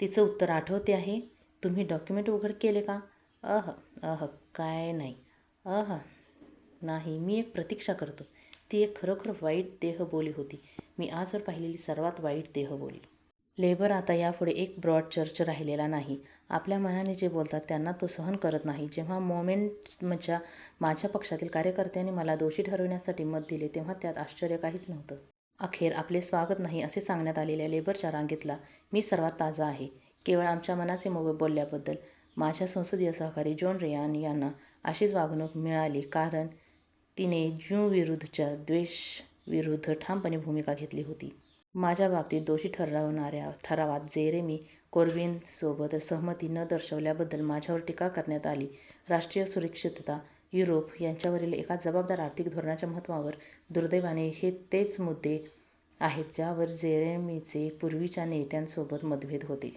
तिचं उत्तर आठवते आहे? तुम्ही डॉक्युमेंट उघड केले का? अह, अह, काय. नाही, अह नाही, मी एक प्रतीक्षा करतो – ती एक खरोखर वाईट देह बोली होती – मी आजवर पाहिलेली सर्वात वाईट देह बोली. " लेबर आता यापुढे एक ब्रॉड चर्च राहिलेला नाही. आपल्या मनाने जे बोलतात त्यांना तो सहन करत नाही जेव्हा मोमेन्टमच्या माझ्या पक्षातील कार्यकर्त्यांनी मला दोषी ठरविण्यासाठी मत दिलं, तेव्हा त्यात आश्चर्य काहीच नव्हतं. अखेर, आपले स्वागत नाही असे सांगण्यात आलेल्या लेबर च्या रांगेतला मी सर्वात ताजा आहे – केवळ आमच्या मनाचे बोलल्याबद्दल. माझ्या संसदीय सहकारी जोन रेयान यांना अशीच वागणूक मिळाली कारण तिने ज्यूंविरुद्धच्या द्वेषाविरुद्ध ठामपणे भूमिका घेतली होती. माझ्या बाबतीत, दोषी ठरवणाऱ्या ठरावात जेरेमी कोरबिनसोबत सहमती न दर्शवल्याबद्दल माझ्यावर टीका करण्यात आली. राष्ट्रीय सुरक्षितता, युरोप यांच्यावरील एका जबाबदार आर्थिक धोरणाच्या महत्वावर, दुर्दैवाने हे तेच मुद्दे आहेत ज्यावर जेरेमीचे पूर्वीच्या नेत्यांसोबत मतभेद होते.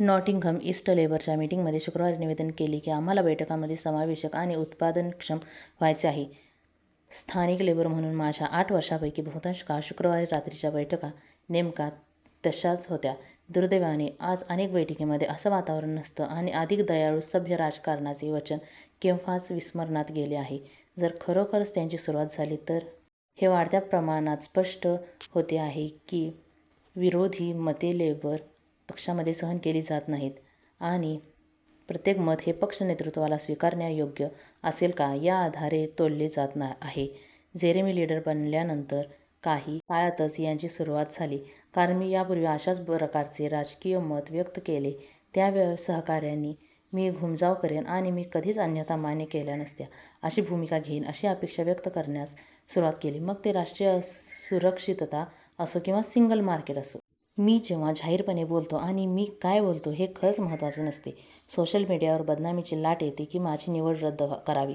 नॉटिंघम ईस्ट लेबरच्या मीटिंगमध्ये शुक्रवारी निवेदन केले की "आम्हाला बैठकांमध्ये समावेशक आणि उत्पादनक्षम व्हायचे आहे. " स्थानिक लेबर म्हणून माझ्या आठ वर्षांपैकी बहुतांश काळ, शुक्रवारी रात्रीच्या बैठका नेमक्या तशाच होत्या. दुर्दैवाने आज, अनेक बैठकींमध्ये असं वातावरण नसतं आणि "अधिक दयाळू, सभ्य," राजकारणाचे वचन केव्हाच विस्मरणात गेले आहे जर, खरोखर त्याची सुरुवात झाली तर. हे वाढत्या प्रमाणात स्पष्ट होते आहे की विरोधी मते लेबर पक्षामध्ये सहन केली जात नाहीत आणि प्रत्येक मत हे पक्ष नेतृत्वाला स्विकारण्यायोग्य असेल का या आधारे तोलले जात आहे. जेरेमी लिडर बनल्यानंतर काही काळातच याची सुरुवात झाली, कारण मी यापूर्वी अशाच प्रकारचे राजकीय मत व्यक्त केले त्या सहकाऱ्यांनी मी घूमजाव करेन आणि मी कधीच अन्यथा मान्य केल्या नसत्या अशी भूमिका घेईन अशी अपेक्षा व्यक्त करण्यास सुरुवात केली – मग ते राष्ट्रीय सुरक्षितता असो किंवा सिंगल मार्केट असो. मी जेव्हा जाहीरपणे बोलतो – आणि मी काय बोलतो हे खरंच महत्वाचे नसते – सोशल मीडियावर बदनामीची लाट येते की माझी निवड रद्द करावी,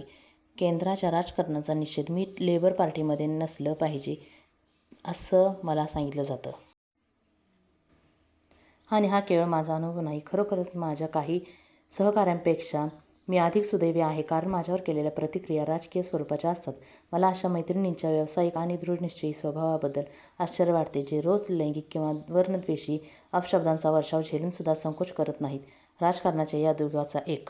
केंद्राच्या राजकारणाचा निषेध, मी लेबर पार्टीमध्ये नसलं पाहिजे असं मला सांगितलं जातं. आणि हा केवळ माझा अनुभव नाही. खरोखर, माझ्या काही सहकाऱ्यांपेक्षा मी अधिक सुदैवी आहे कारण माझ्यावर केलेल्या प्रतिक्रिया राजकीय स्वरुपाच्या असतात. मला अशा मैत्रिणींच्या व्यावसायिक आणि दृढनिश्चयी स्वभावाबद्दल आश्चर्य वाटते, जे रोज लैंगिक किंवा वर्णद्वेषी अपशब्दांचा वर्षाव झेलून सुद्धा संकोच करत नाहीत. राजकारणाच्या या युगाचा एक